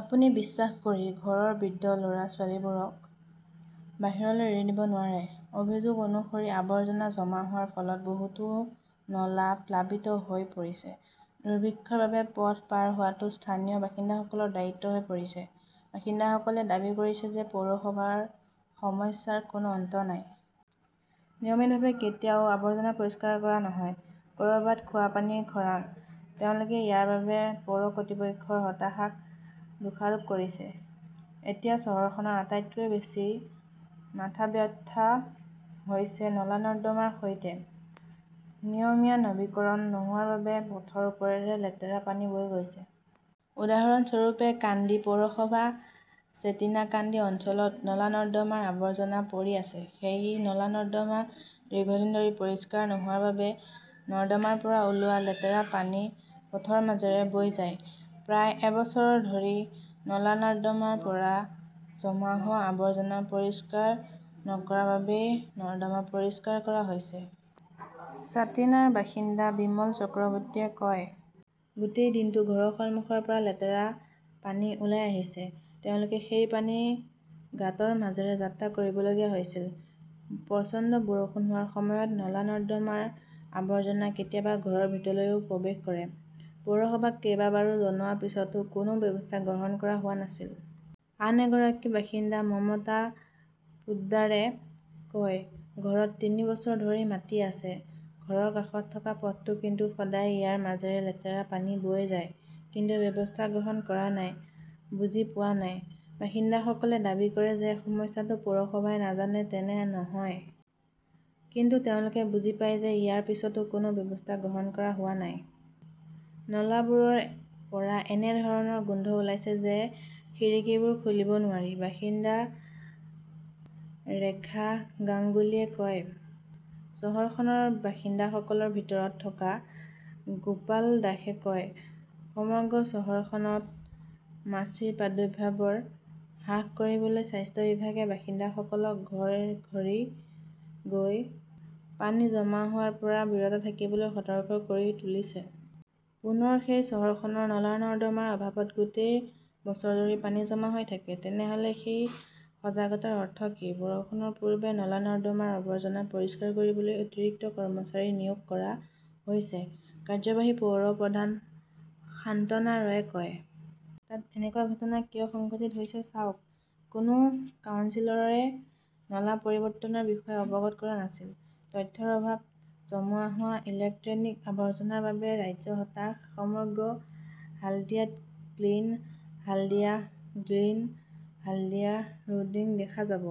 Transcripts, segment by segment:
আপুনি বিশ্বাস কৰি ঘৰৰ বৃদ্ধ-ল "ৰা-ছোৱালীবোৰক বাহিৰলৈ এৰি দিব নোৱাৰে। অভিযোগ অনুসৰি, আৱৰ্জনা জমা হোৱাৰ ফলত বহুতো নলা প্লাবিত হৈ পৰিছে। দুৰ্ভিক্ষৰ বাবে পথ পাৰ হোৱাটো স্থানীয় বাসিন্দাসকলৰ দায়িত্ব হৈ পৰিছে। বাসিন্দাসকলে দাবী কৰিছে যে পৌৰসভাৰ সমস্যাৰ কোনো অন্ত নাই। নিয়মিতভাৱে কেতিয়াও আৱৰ্জনা পৰিষ্কাৰ কৰা নহয়। ক'ৰবাত খোৱা পানীৰ খৰাং। তেওঁলোকে ইয়াৰ বাবে পৌৰ কৰ্তৃপক্ষৰ হতাশাক দোষাৰোপ কৰিছে। এতিয়া চহৰখনৰ আটাইতকৈ বেছি মাথাব্যথা হৈছে নলা-নৰ্দমাৰ সৈতে। নিয়মীয়া নৱীকৰণ নোহোৱাৰ বাবে পথৰ ওপৰেৰে লেতেৰা পানী বৈ গৈছে। উদাহৰণস্বৰূপে, কান্দি পৌৰসভাৰ চেটিনা-কান্দি অঞ্চলত নলা-নৰ্দমাৰ আৱৰ্জনা পৰি আছে। সেই নলা-নৰ্দমা দীৰ্ঘদিন ধৰি পৰিষ্কাৰ নোহোৱাৰ বাবেই নৰ্দমাৰ পৰা ওলোৱা লেতেৰা পানী পথৰ মাজেৰে বৈ যায়। প্ৰায় এবছৰ ধৰি নলা-নৰ্দমাৰ পৰা জমা হোৱা আৱৰ্জনা পৰিষ্কাৰ নকৰাৰ বাবেই নৰ্দমা পৰিষ্কাৰ কৰা হৈছে, ছাতিনাৰ বাসিন্দা বিমল চক্ৰৱৰ্তীয়ে কয়। গোটেই দিনটো ঘৰৰ সন্মুখৰ পৰা লেতেৰা পানী ওলাই আহিছে। তেওঁলোকে সেই পানীৰ গাঁতৰ মাজেৰে যাত্ৰা কৰিবলগীয়া হৈছিল। প্ৰচণ্ড বৰষুণ হোৱাৰ সময়ত নলা-নৰ্দমাৰ আৱৰ্জনা কেতিয়াবা ঘৰৰ ভিতৰলৈও প্ৰৱেশ কৰে। পৌৰসভাক কেইবাবাৰো জনোৱাৰ পিছতো কোনো ব্যৱস্থা গ্ৰহণ কৰা হোৱা নাই। আন এগৰাকী বাসিন্দা মমতা পোদ্দাৰে কয়, ঘৰত তিনি বছৰ ধৰি মাতি আছে। ঘৰৰ কাষত থকা পথটো কিন্তু সদায় ইয়াৰ মাজেৰে লেতেৰা পানী বৈ যায়। কিয় ব্যৱস্থা গ্ৰহণ কৰা নাই বুজি পোৱা নাই। বাসিন্দাসকলে দাবী কৰে যে ,সমস্যাটো পৌৰসভাই নাজানে তেনে নহয়। কিন্তু তেওঁলোকে বুজি পায় যে ইয়াৰ পিছতো কোনো ব্যৱস্থা গ্ৰহণ কৰা হোৱা নাই। নালাবোৰৰ পৰা এনে ধৰণৰ গোন্ধ ওলাইছিল যে খিৰিকীবোৰ খুলিব নোৱাৰি, বাসিন্দা ৰেখা গাংগুলীয়ে কয়। চহৰখনৰ বাসিন্দাসকলৰ ভিতৰত থকা গোপাল দাসে কয়, সমগ্ৰ চহৰখনত মাছিৰ প্ৰাদুৰ্ভাৱ হ্ৰাস কৰিবলৈ স্বাস্থ্য বিভাগে বাসিন্দাসকলক ঘৰ-ঘৰি গৈ পানী জমা হোৱাৰ পৰা বিৰত থাকিবলৈ সতৰ্ক কৰি তুলিছে। পুনৰ সেই চহৰখনৰ নলা-নৰ্দমাৰ অভাৱত গোটেই বছৰজুৰি পানী জমা হৈ থাকে। তেনেহ'লে সেই সজাগতাৰ অৰ্থ কি? বৰষুণৰ পূৰ্বে নলা-নৰ্দমাৰ আৱৰ্জনা পৰিষ্কাৰ কৰিবলৈ অতিৰিক্ত কৰ্মচাৰী নিয়োগ কৰা হৈছে, কাৰ্যবাহী পৌৰ প্ৰধান সান্ত্বনা ৰয়ে কয়। তাত এনেকুৱা ঘটনা কিয় সংঘটিত হৈছে চাওক। কোনো কাউন্সিলৰে নলা পৰিৱৰ্তনৰ বিষয়ে অৱগত কৰা নাছিল। । তথ্যৰ অভাৱ, জমা হোৱা ইলেক্ট্ৰনিক আৱৰ্জনাৰ বাবে ৰাজ্য হতাশ সমগ্ৰ হাল্ডিয়াত 'clean Haldia, green Haldia "hoarding দেখা যাব।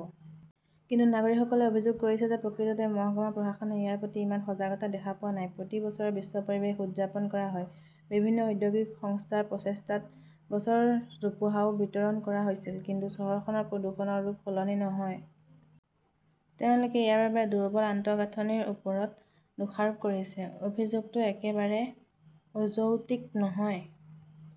কিন্তু নাগৰিকসকলে অভিযোগ কৰিছে যে প্ৰকৃততে মহকুমা প্ৰশাসনে ইয়াৰ প্ৰতি ইমান সজাগতা দেখা পোৱা নাই। প্ৰতি বছৰে বিশ্ব পৰিৱেশ উদযাপন কৰা হয়। বিভিন্ন ঔদ্যোগিক সংস্থাৰ প্ৰচেষ্টাত গছৰ জোপোহাও বিতৰণ কৰা হৈছিল। কিন্তু চহৰখনৰ প্ৰদূষণৰ ৰূপ সলনি নহয়। তেওঁলোকে ইয়াৰ বাবে দুৰ্বল আন্তঃগাঁথনিৰ ওপৰত দোষাৰোপ কৰিছে। অভিযোগটো একেবাৰে অযৌক্তিক নহয় ।